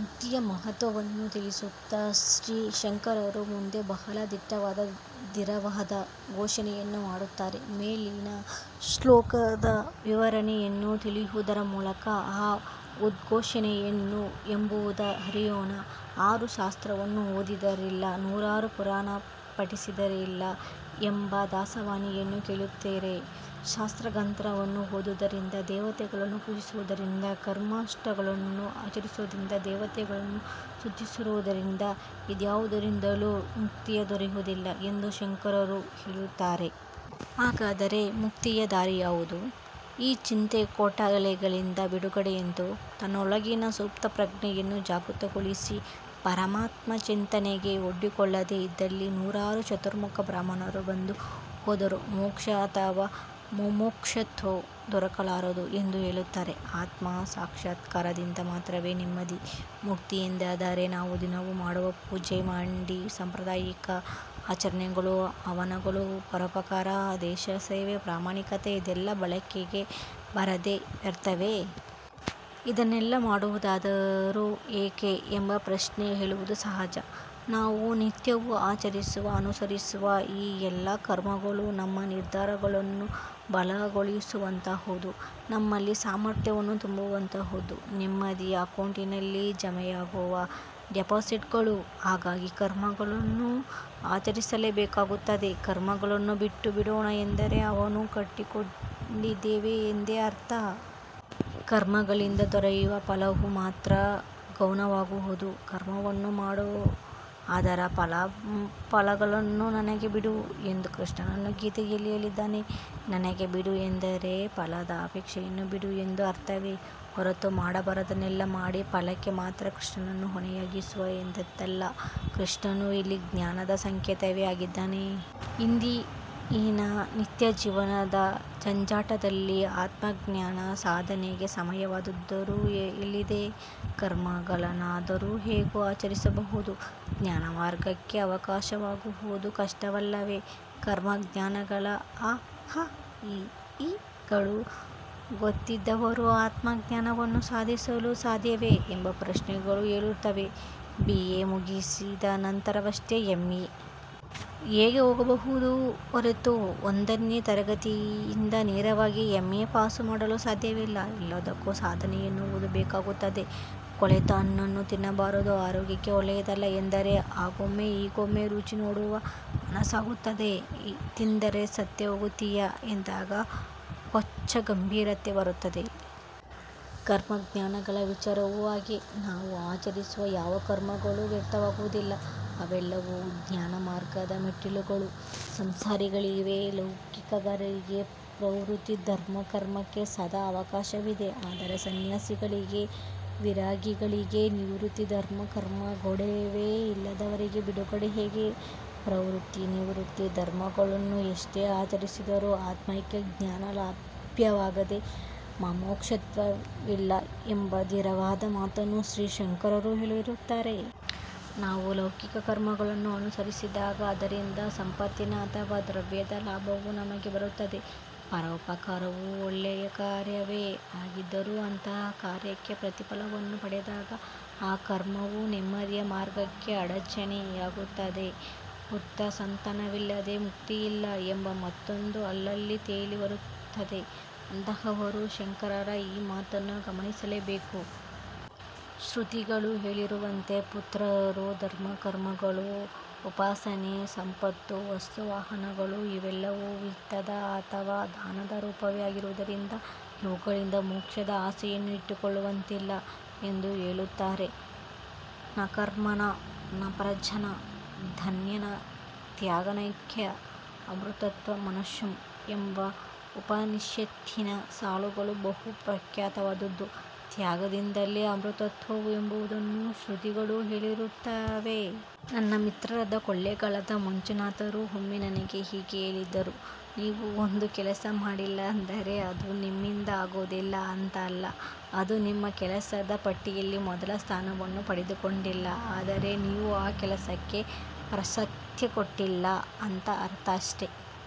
ಮುಕ್ತಿಯ ಮಹತ್ವವನ್ನು ತಿಳಿಸುತ್ತಾ ಶ್ರೀ ಶಂಕರರು ಮುಂದೆ ಬಹಳ ದಿಟ್ಟವಾದ ಧೀರವಾದ ಘೋಷಣೆಯನ್ನು ಮಾಡುತ್ತಾರೆ. ಮೇಲಿನ ಶ್ಲೋಕದ ವಿವರಣೆಯನ್ನು ತಿಳಿಯುವುದರ ಮೂಲಕ ಆ ಉದ್ಘೋಷವೇನು ಎಂಬುದನ್ನು ಅರಿಯೋಣ. "ಆರು ಶಾಸ್ತ್ರವ ಓದಿದರಿಲ್ಲ ನೂರಾರು ಪುರಾಣವ ಪಠಿಸಿದರಿಲ್ಲ" ಎಂಬ ದಾಸವಾಣಿಯನ್ನು ಕೇಳಿರುತ್ತೇವೆ. ಶಾಸ್ತ್ರಗ್ರಂಥಗಳನ್ನು ಓದುವುದರಿಂದ, ದೇವತೆಗಳನ್ನು ಪೂಜಿಸುವುದರಿಂದ, ಕರ್ಮಾನುಷ್ಠಾನಗಳನ್ನು ಆಚರಿಸುವುದರಿಂದ, ದೇವತೆಗಳನ್ನು ಸ್ತುತಿಸುವುದರಿಂದ, ಇದ್ಯಾವುದರಿಂದಲೂ ಮುಕ್ತಿಯು ದೊರೆಯುವುದಿಲ್ಲ ಎಂದು ಶಂಕರರು ಹೇಳುತ್ತಾರೆ. ಹಾಗಾದರೆ ಮುಕ್ತಿಯ ದಾರಿ ಯಾವುದು? ಈ ಚಿಂತೆ-ಕೋಟಲೆಗಳಿಂದ ಬಿಡುಗಡೆ ಎಂತು?. ತನ್ನೊಳಗಿನ ಸುಪ್ತ ಪ್ರಜ್ಞೆಯನ್ನು ಜಾಗೃತಗೊಳಿಸಿ ಪರಮಾರ್ಥ ಚಿಂತನೆಗೆ ಒಡ್ಡಿಕೊಳ್ಳದೆ ಇದ್ದಲ್ಲಿ ನೂರಾರು ಚತುರ್ಮುಖ ಬ್ರಹ್ಮರು ಬಂದು ಹೋದರೂ ಮೋಕ್ಷ ಅಥವಾ ಮುಮುಕ್ಷುತ್ವವು ದೊರಕಲಾರದು ಎಂದು ಹೇಳುತ್ತಾರೆ. ಆತ್ಮ ಸಾಕ್ಷಾತ್ಕಾರದಿಂದ ಮಾತ್ರವೇ ನೆಮ್ಮದಿ, ಮುಕ್ತಿ ಎಂದಾದರೆ ನಾವು ದಿನವೂ ಮಾಡುವ ಪೂಜೆ, ಮಡಿ, ಸಾಂಪ್ರದಾಯಿಕ ಆಚರಣೆಗಳು, ಹವನಗಳು, ಪರೋಪಕಾರ, ದೇಶಸೇವೆ, ಪ್ರಾಮಾಣಿಕತೆ ಇದೆಲ್ಲಾ ಬಳಕೆಗೆ ಬಾರದ್ದೇ ವ್ಯರ್ಥವೇ? ಇದನ್ನೆಲ್ಲಾ ಮಾಡುವುದಾದರೂ ಏಕೆ ಎಂಬ ಪ್ರಶ್ನೆ ಏಳುವುದು ಸಹಜ. ನಾವು ನಿತ್ಯವೂ ಆಚರಿಸುವ-ಅನುಸರಿಸುವ ಈ ಎಲ್ಲಾ ಕರ್ಮಗಳೂ ನಮ್ಮ ನಿರ್ಧಾರಗಳನ್ನು ಬಲಗೊಳಿಸುವಂತಹುದು. ನಮ್ಮಲ್ಲಿ ಸಾಮರ್ಥ್ಯವನ್ನು ತುಂಬುವಂತಹುದು. ನೆಮ್ಮದಿಯ ಅಕೌಂಟಿನಲ್ಲಿ ಜಮೆಯಾಗುವ ಡಿಪಾಸಿಟ್ಟುಗಳು. ಹಾಗಾಗಿ ಕರ್ಮಗಳನ್ನು ಆಚರಿಸಲೇಬೇಕಾಗುತ್ತದೆ. ಕರ್ಮಗಳನ್ನು ಬಿಟ್ಟು ಬಿಡೋಣ ಎಂದರೆ, ಅವನ್ನು ಕಟ್ಟಿಕೊಂಡಿದ್ದೇವೆ ಎಂದೇ ಅರ್ಥ!. ಕರ್ಮಗಳಿಂದ ದೊರೆಯುವ ಫಲವು ಮಾತ್ರ ಗೌಣವಾದುದು. 'ಕರ್ಮವನ್ನು ಮಾಡು ಅದರ ಫಲಾಫಲಗಳನ್ನು ನನಗೆ ಬಿಡು' ಎಂದು ಕೃಷ್ಣನು ಗೀತೆಯಲ್ಲಿ ಹೇಳಿದ್ದಾನೆ. 'ನನಗೆ ಬಿಡು' ಎಂದರೆ ಫಲದ ಅಪೇಕ್ಷೆಯನ್ನು ಬಿಡು ಎಂದು ಅರ್ಥವೇ ಹೊರತು ಮಾಡಬಾರದ್ದನ್ನೆಲ್ಲಾ ಮಾಡಿ ಫಲಕ್ಕೆ ಮಾತ್ರ ಕೃಷ್ಣನನ್ನು ಹೊಣೆಯಾಗಿಸು ಎಂದಲ್ಲ. ಕೃಷ್ಣನು ಇಲ್ಲಿ ಜ್ಞಾನದ ಸಂಕೇತವೇ ಆಗಿದ್ದಾನೆ. ಇಂದಿನ ನಿತ್ಯ ಜೀವನದ ಜಂಜಡದಲ್ಲಿ ಆತ್ಮಜ್ಞಾನ ಸಾಧನೆಗೆ ಸಮಯವಾದರೂ ಎಲ್ಲಿದೆ? ಕರ್ಮಗಳನ್ನಾದರೂ ಹೇಗೋ ಆಚರಿಸಬಹುದು, ಜ್ಞಾನಮಾರ್ಗಕ್ಕೆ ಅವಕಾಶವಾಗುವುದು ಕಷ್ಟವಲ್ಲವೆ? ಕರ್ಮ-ಜ್ಞಾನಗಳ ಅ ಆ ಇ ಈ ಗಳೂ ಗೊತ್ತಿರದವರು ಆತ್ಮಜ್ಞಾನವನ್ನು ಸಾಧಿಸಲು ಸಾಧ್ಯವೆ? ಎಂಬ ಪ್ರಶ್ನೆಗಳು ಏಳುತ್ತದೆ. ಬಿ. ಎ. ಮುಗಿಸಿದ ನಂತರವಷ್ಟೇ ಎಂ. ಎ. ಗೆ ಹೋಗಬಹುದೇ ಹೊರತು ಒಂದನೇ ತರಗತಿಯಿಂದ ನೇರವಾಗಿ ಎಂ. ಎ. ಪಾಸು ಮಾಡಲು ಸಾಧ್ಯವಿಲ್ಲ. ಎಲ್ಲದಕ್ಕೂ ಸಾಧನೆ ಎನ್ನುವುದು ಬೇಕಾಗುತ್ತದೆ. 'ಕೊಳೆತ ಹಣ್ಣನ್ನು ತಿನ್ನಬಾರದು ಆರೋಗ್ಯಕ್ಕೆ ಒಳ್ಳೆಯದಲ್ಲಾ' ಎಂದರೆ ಆಗೊಮ್ಮೆ ಈಗೊಮ್ಮೆ ರುಚಿ ನೋಡುವ ಮನಸಾಗುತ್ತದೆ. 'ತಿಂದರೆ ಸತ್ತೇ ಹೋಗುತ್ತಿಯಾ' ಎಂದಾಗ ಕೊಂಚ ಗಂಭೀರತೆ ಬರುತ್ತದೆ. ಕರ್ಮ-ಜ್ಞಾನಗಳ ವಿಚಾರವೂ ಹಾಗೆಯೇ. ನಾವು ಆಚರಿಸುವ ಯಾವ ಕರ್ಮಗಳೂ ವ್ಯರ್ಥವಾಗುವುದಿಲ್ಲ, ಅವೆಲ್ಲವೂ ಜ್ಞಾನ ಮಾರ್ಗದ ಮೆಟ್ಟಿಲುಗಳು. ಸಂಸಾರಿಗಳಿಗೆ ಲೌಕಿಕರಿಗೆ ಪ್ರವೃತ್ತಿ ಧರ್ಮ ಕರ್ಮಕ್ಕೆ ಸದಾ ಅವಕಾಶವಿದೆ, ಆದರೆ ಸನ್ಯಾಸಿಗಳಿಗೆ, ವಿರಾಗಿಗಳಿಗೆ ನಿವೃತ್ತಿ ಧರ್ಮ ಕರ್ಮದ ಗೊಡವೆಯೇ ಇಲ್ಲದವರಿಗೆ ಬಿಡುಗಡೆ ಹೇಗೆ?. ಪ್ರವೃತ್ತಿ-ನಿವೃತ್ತಿ ಧರ್ಮಗಳನ್ನು ಎಷ್ಟೇ ಆಚರಿಸಿದರೂ 'ಆತ್ಮೈಕ ಜ್ಞಾನ' ಲಭ್ಯವಾಗದೆ ಮುಮುಕ್ಷುತ್ವವಿಲ್ಲ ಎಂಬ ಧೀರವಾದ ಮಾತನ್ನು ಶ್ರೀ ಶಂಕರರು ಹೇಳುತ್ತಾರೆ. ನಾವು ಲೌಕಿಕ ಕರ್ಮಗಳನ್ನು ಅನುಸರಿಸಿದಾಗ ಅದರಿಂದ ಸಂಪತ್ತಿನ ಅಥವಾ ದ್ರವ್ಯದ ಲಾಭವು ನಮಗೆ ಬರುತ್ತದೆ. ಪರೋಪಕಾರವು ಒಳ್ಳೆಯ ಕಾರ್ಯವೇ ಆಗಿದ್ದರೂ ಅಂತಹ ಕಾರ್ಯಕ್ಕೆ ಪ್ರತಿಫಲವನ್ನು ಪಡೆದಾಗ ಆ ಕರ್ಮವು ನೆಮ್ಮದಿಯ ಮಾರ್ಗಕ್ಕೆ ಅಡಾಚಣೆಯಾಗುತ್ತದೆ. 'ಪುತ್ರ ಸಂತಾನವಿಲ್ಲದೆ ಮುಕ್ತಿಯಿಲ್ಲ' ಎಂಬ ಮಾತೊಂದು ಅಲ್ಲಲ್ಲಿ ತೇಲಿ ಬರುತ್ತಿರುತ್ತದೆ. ಅಂತಹವರು ಶಂಕರರ ಈ ಮಾತನ್ನು ಗಮನಿಸಲೇ ಬೇಕು. " ಶ್ರುತಿಗಳು ಹೇಳಿರುವಂತೆ ಪುತ್ರರು, ಧರ್ಮ-ಕರ್ಮಗಳು, ಉಪಾಸನೆ, ಸಂಪತ್ತು, ವಸ್ತು-ವಾಹನಗಳು, ಇವೆಲ್ಲವೂ ವಿತ್ತದ ಅಥವಾ ಧನದ ರೂಪವೇ ಆಗಿರುವುದರಿಂದ ಇವುಗಳಿಂದ ಮೋಕ್ಷದ ಆಸೆಯನ್ನು ಇಟ್ಟುಕೊಳ್ಳುವಂತಿಲ್ಲ" ಎಂದು ಹೇಳುತ್ತಾರೆ. 'ನಕರ್ಮಣಾ ನಪ್ರಜಯಾ ಧನೇನ ತ್ಯಾಗೇನೈಕೇ ಅಮೃತತ್ವ ಮಾನಶುಃ' ಎಂಬ ಉಪನಿಷತ್ತಿನ ಸಾಲುಗಳು ಬಹು ಪ್ರಖ್ಯಾತವಾದುದು. ತ್ಯಾಗದಿಂದಲೇ ಅಮೃತತ್ವವು ಎಂಬುದನ್ನು ಶ್ರುತಿಗಳು ಹೇಳುತ್ತವೆ. ನನ್ನ ಮಿತ್ರರಾದ ಕೊಳ್ಳೇಗಾಲದ ಮಂಜುನಾಥರು ಒಮ್ಮೆ ನನಗೆ ಹೀಗೆ ಹೇಳಿದ್ದರು "ನೀವು ಒಂದು ಕೆಲಸ ಮಾಡಿಲ್ಲ ಅಂದ್ರೆ ಅದು ನಿಮ್ಮಿಂದ ಆಗೋದಿಲ್ಲ ಅಂತಾ ಅಲ್ಲ, ಅದು ನಿಮ್ಮ ಕೆಲಸದ ಪಟ್ಟಿಯಲ್ಲಿ ಮೊದಲ ಸ್ಥಾನವನ್ನು ಪಡೆದುಕೊಂಡಿಲ್ಲ, ಅಂದರೆ ನೀವು ಆ ಕೆಲಸಕ್ಕೆ ಪ್ರಾಶಸ್ತ್ಯ ಕೊಟ್ಟಿಲ್ಲ ಅಂತ ಅರ್ಥ ಅಷ್ಟೆ ".